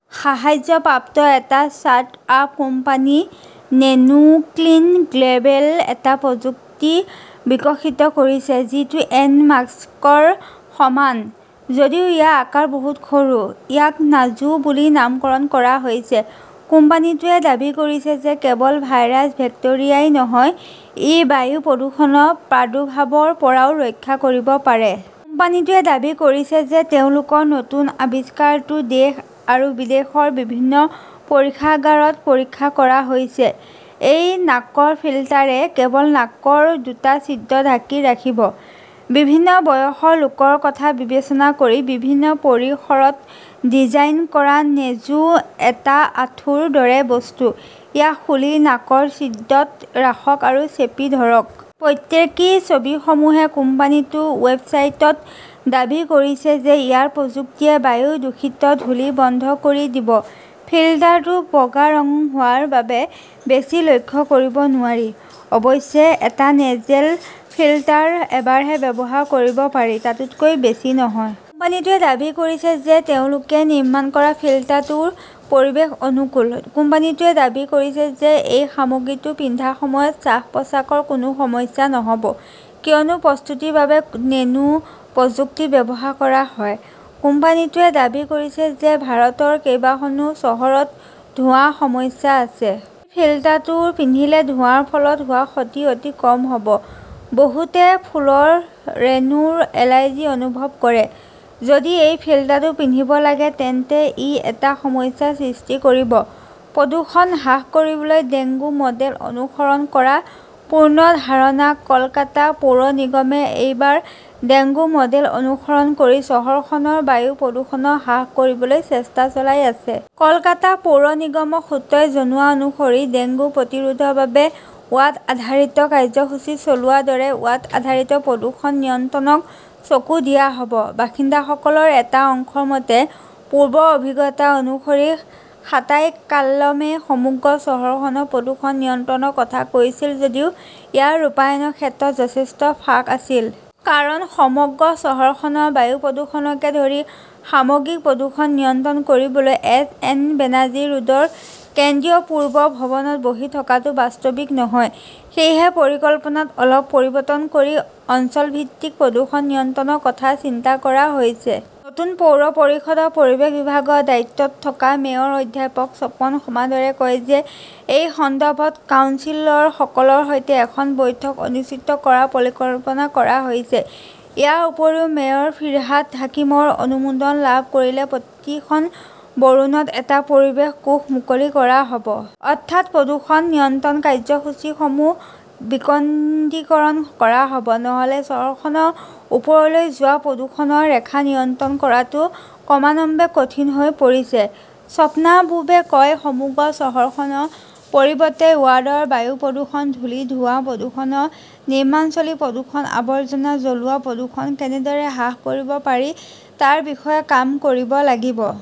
সাহায্যপ্ৰাপ্ত এটা startup company Nanoclean গ্লবেলে এটা প্ৰযুক্তি বিকশিত কৰিছে, যিটো এন- মাস্কৰ সমান, যদিও ইয়াৰ আকাৰ বহুত সৰু। ইয়াক নাজো‌ বুলি নামকৰণ কৰা হৈছে। কোম্পানীটোৱে দাবী কৰিছে যে কেৱল ভাইৰাছ-বেক্টেৰিয়াই নহয়, ই বায়ু প্ৰদূষণৰ প্ৰাদুৰ্ভাৱৰ পৰাও ৰক্ষা কৰিব পাৰে। কোম্পানীটোৱে দাবী কৰিছে যে তেওঁলোকৰ নতুন আৱিষ্কাৰটো দেশ আৰু বিদেশৰ বিভিন্ন পৰীক্ষাগাৰত পৰীক্ষা কৰা হৈছে। এই নাকৰ ফিল্টাৰে কেৱল নাকৰ দুটা ছিদ্ৰ ঢাকি ৰাখিব। বিভিন্ন বয়সৰ লোকৰ কথা বিবেচনা কৰি বিভিন্ন পৰিসৰত ডিজাইন কৰা নেজো- এটা আঠুৰ দৰে বস্তু, ইয়াক খুলি নাকৰ ছিদ্ৰত ৰাখক আৰু চেপি ধৰক। প্ৰতীকী ছবিসমূহে কোম্পানীটোৰ ৱেবছাইটত দাবী কৰিছে যে ইয়াৰ প্ৰযুক্তিয়ে বায়ুৰ দূষিত ধূলি বন্ধ কৰি দিব। ফিল্টাৰটো বগা ৰঙৰ হোৱাৰ বাবে বেছি লক্ষ্য কৰিব নোৱাৰি। অৱশ্যে, এটা নেজল ফিল্টাৰ এবাৰহে ব্যৱহাৰ কৰিব পাৰি, তাতকৈ বেছি নহয়। কোম্পানীটোৱে দাবী কৰিছে যে তেওঁলোকে নিৰ্মাণ কৰা ফিল্টাৰটো পৰিৱেশ অনুকূল। কোম্পানীটোৱে দাবী কৰিছে যে এই সামগ্ৰীটো পিন্ধাৰ সময়ত শ্বাস-প্ৰশ্বাসৰ কোনো সমস্যা নহ 'ব কিয়নো প্ৰস্তুতিৰ বাবে নেনো প্ৰযুক্তি ব্যৱহাৰ কৰা হয়। কোম্পানীটোৱে দাবী কৰিছে যে ভাৰতৰ কেইবাখনো চহৰত ধোঁৱাৰ সমস্যা আছে। এই ফিল্টাৰটো পিন্ধিলে ধোঁৱাৰ ফলত হোৱা ক্ষতি অতি কম হ'ব। বহুতে ফুলৰ ৰেনোৰ এলাৰ্জি অনুভৱ কৰে। যদি এই ফিল্টাৰটো পিন্ধিব লাগে তেন্তে ই এটা সমস্যাৰ সৃষ্টি কৰিব। প্ৰদূষণ হ্ৰাস কৰিবলৈ ডেংগু-মডেল অনুসৰণ কৰাৰ পূৰ্ণ ধাৰণা কলকাতা পৌৰ নিগমে এইবাৰ ডেংগু মডেল অনুসৰণ কৰি চহৰখনৰ বায়ু প্ৰদূষণ হ্ৰাস কৰিবলৈ চেষ্টা চলাই আছে। কলকাতা পৌৰ নিগমৰ সূত্ৰই জনোৱা অনুসৰি ডেংগু প্ৰতিৰোধৰ বাবে ৱাৰ্ড-আধাৰিত কাৰ্যসূচী চলোৱাৰ দৰে ৱাৰ্ড-আধাৰিত প্ৰদূষণ নিয়ন্ত্ৰণক চকু দিয়া হ'ব। বাসিন্দাসকলৰ এটা অংশৰ মতে, পূৰ্বৰ অভিজ্ঞতা অনুসৰি, খাতাইকালমে সমগ্ৰ চহৰখনৰ প্ৰদূষণ নিয়ন্ত্ৰণৰ কথা কৈছিল যদিও ইয়াৰ ৰূপায়ণৰ ক্ষেত্ৰত যথেষ্ট ফাঁক আছিল। কাৰণ, সমগ্ৰ চহৰখনৰ বায়ু প্ৰদূষণকে ধৰি সামগ্ৰিক প্ৰদূষণ নিয়ন্ত্ৰণ কৰিবলৈ এছ. এন. বেনাৰ্জী ৰোডৰ কেন্দ্ৰীয় পূৰ্ব ভৱনত বহি থকাটো বাস্তৱিক নহয়। সেয়েহে পৰিকল্পনাত অলপ পৰিৱৰ্তন কৰি অঞ্চলভিত্তিক প্ৰদূষণ নিয়ন্ত্ৰণৰ কথা চিন্তা কৰা হৈছে। নতুন পৌৰ পৰিষদৰ পৰিৱেশ বিভাগৰ দায়িত্বত থকা মেয়ৰ অধ্যাপক স্বপন সামাদৰে কয় যে এই সন্দৰ্ভত কাউন্সিলৰসকলৰ সৈতে এখন বৈঠক অনুষ্ঠিত কৰাৰ পৰিকল্পনা কৰা হৈছে। ইয়াৰ উপৰিও মেয়ৰ ফিৰহাদ হাকিমৰ অনুমোদন লাভ কৰিলে প্ৰতিখন বৰোণত এটা পৰিৱেশ কোষ মুকলি কৰা হ'ব। অৰ্থাৎ, প্ৰদূষণ নিয়ন্ত্ৰণ কাৰ্যসূচীসমূহ বিকেন্দ্ৰীকৰণ কৰা হ'ব। নহ'লে চহৰখনৰ ওপৰলৈ যোৱা প্ৰদূষণৰ ৰেখা নিয়ন্ত্ৰণ কৰাটো ক্ৰমান্বয়ে কঠিন হৈ পৰিছে। স্বপ্নাবুবে কয়, সমগ্ৰ চহৰখনৰ পৰিৱৰ্তে ৱাৰ্ডৰ বায়ু প্ৰদূষণ, ধূলি-ধোঁৱা প্ৰদূষণ, নিৰ্মাণস্থলীৰ প্ৰদূষণ, আৱৰ্জনা জ্বলোৱা প্ৰদূষণ কেনেদৰে হ্ৰাস কৰিব পাৰি তাৰ বিষয়ে কাম কৰিব লাগিব।